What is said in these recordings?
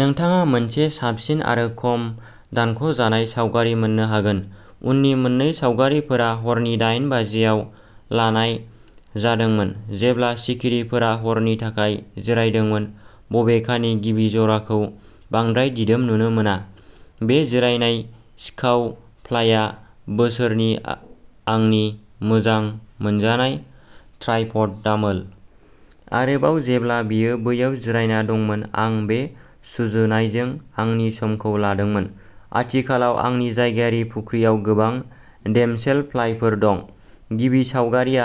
नोंथाङा मोनसे साबसिन आरो खम दानख' जानाय सावगारि मोननो हागोन। उननि मोन्नै सावगारिफोरा हरनि दाइन बाजिआव लानाय जादोंमोन जेब्ला सिखिरिफोरा हरनि थाखाय जिरायदोंमोन। बबेखानि गिबि जराखौ बांद्राय दिदोम नुनो मोना। बे जिरायनाय सिखावफ्लाइआ बोसोरनि आंनि मोजां मोनजानाय ट्राइपड दामोल। आरोबाव जेब्ला बेयो बैयाव जिरायना दंमोन, आं बे सुजुनायजों आंनि समखौ लादोंमोन। आथिखालाव आंनि जायगायारि फुख्रियाव गोबां डेमसेलफ्लाइफोर दं, गिबि सावगारिआ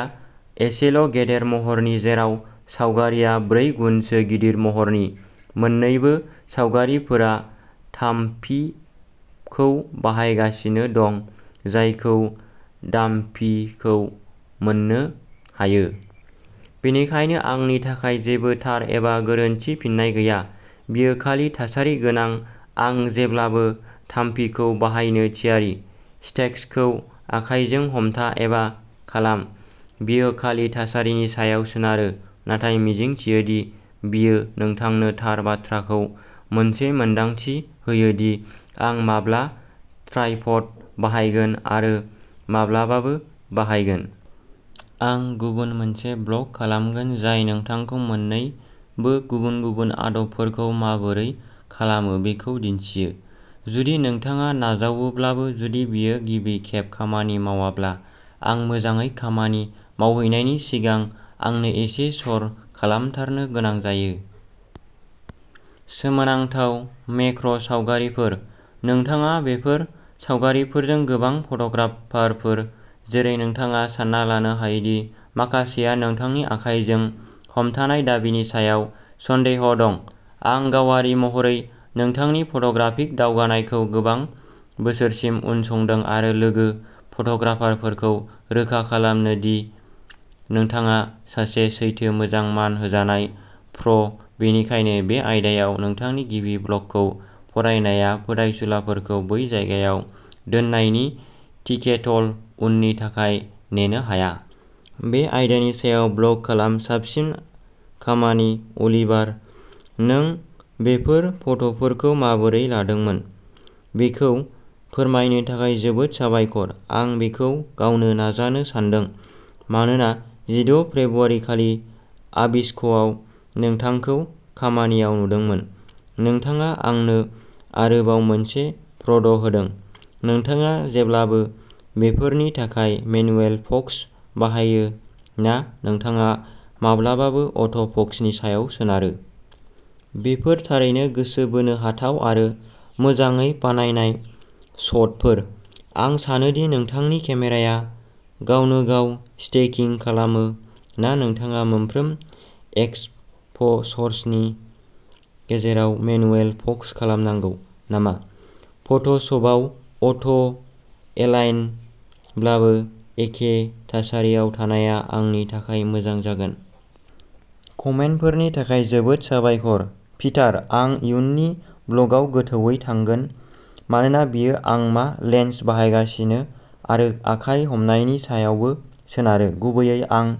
एसेल' गेदेर महरनि, जेराव सावगारिआ ब्रै गुनसो गिदिर महरनि। मोन्नैबो सावगारिफोरा थामफिखौ बाहायगासिनो दं, जायखौ दामफिखौ मोननो हायो। बेनिखायनो आंनि थाखाय जेबो थार एबा गोरोन्थि फिननाय गैया, बेयो खालि थासारिगोनां आं जेब्लाबो थामफिखौ बाहायनो थियारि। स्टेक्सखौ आखायजों हमथा एबा खालाम बेयो खालि थासारिनि सायाव सोनारो। नाथाय मिजिंथियो दि बेयो नोंथांनो थार बाथ्राखौ मोनसे मोनदांथि होयो दि आं माब्ला ट्राइपड बाहायगोन आरो माब्लाबाबो बाहायगोन। आं गुबुन मोनसे ब्लग खालामगोन जाय नोंथांखौ मोन्नैबो गुबुन-गुबुन आदबफोरखौ माबोरै खालामो बेखौ दिन्थियो। जुदि नोंथाङा नाजावोब्लाबो, जुदि बेयो गिबि खेब खामानि मावाब्ला, आं मोजाङै खामानि मावहैनायनि सिगां आंनो एसे सर'खालामथारनो गोनां जायो। सोमोनांथाव मेक्र'सावगारिफोर, नोंथाङा बेफोर सावगारिफोरजों गोबां फट'ग्राफारफोर, जेरै नोंथाङा सानना लानो हायो दि माखासेहा नोंथांनि आखाइजों हमथानाय दाबिनि सायाव सन्देह दं, आं गावारि महरै नोंथांनि फट'ग्राफिक दावगानायखौ गोबां बोसोरसिम उनसंदों आरो लोगो फट'ग्राफारफोरखौ रोखा खालामो दि नोंथाङा सासे सैथो मोजां मान होजानाय प्र, बेनिखायनो बे आयदायाव नोंथांनि गिबि ब्लगखौ फरायनाया फोथायसुलाफोरखौ बै जायगायाव दोननायनि टिकेटल', उननि थाखाय नेनो हाया। बे आयदानि सायाव ब्लग खालाम, साबसिन खामानि अलिभार। नों बेफोर फट'फोरखौ माबोरै लादोंमोन बेखौ फोरमायनो थाखाय जोबोद साबायखर। आं बेखौ गावनो नाजानो सानदों, मानोना जिद' फेब्रुआरिखालि आबिस्क'आव नोंथांखौ खामानियाव नुदोंमोन। नोंथाङा आंनो आरोबाव मोनसे प्र'ड होदों, नोंथाङा जेब्लाबो बेफोरनि थाखाय मेनुएल फ'क्स बाहायो ना नोंथाङा माब्लाबाबो अट'फ'क्सनि सायाव सोनारो। बेफोर थारैनो गोसो बोनो हाथाव आरो मोजाङै बानायनाय शटफोर। आं सानो दि नोंथांनि केमेराया गावनो गाव स्टेकिंग खालामो ना नोंथाङा मोनफ्रोम एक्सप'सर्सनि गेजेराव मेनुएल फ'क्स खालामनांगौ नामा? फट'शपआव अट'एलाइनब्लाबो, एखे थासारियाव थानाया आंनि थाखाय मोजां जागोन। कमेन्टफोरनि थाखाय जोबोद साबायखर! पिटार, आं इयुननि ब्लगआव गोथौवै थांगोन मानोना बेयो आं मा लेन्स बाहायगासिनो आरो आखाय हमनायनि सायावबो सोनारो। गुबैयै, आं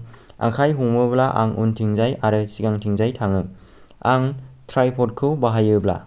आखाय हमोब्ला आं उनथिंजाय आरो सिगांथिंजाय थाङो। आं ट्राइपडखौ बाहायोब्ला।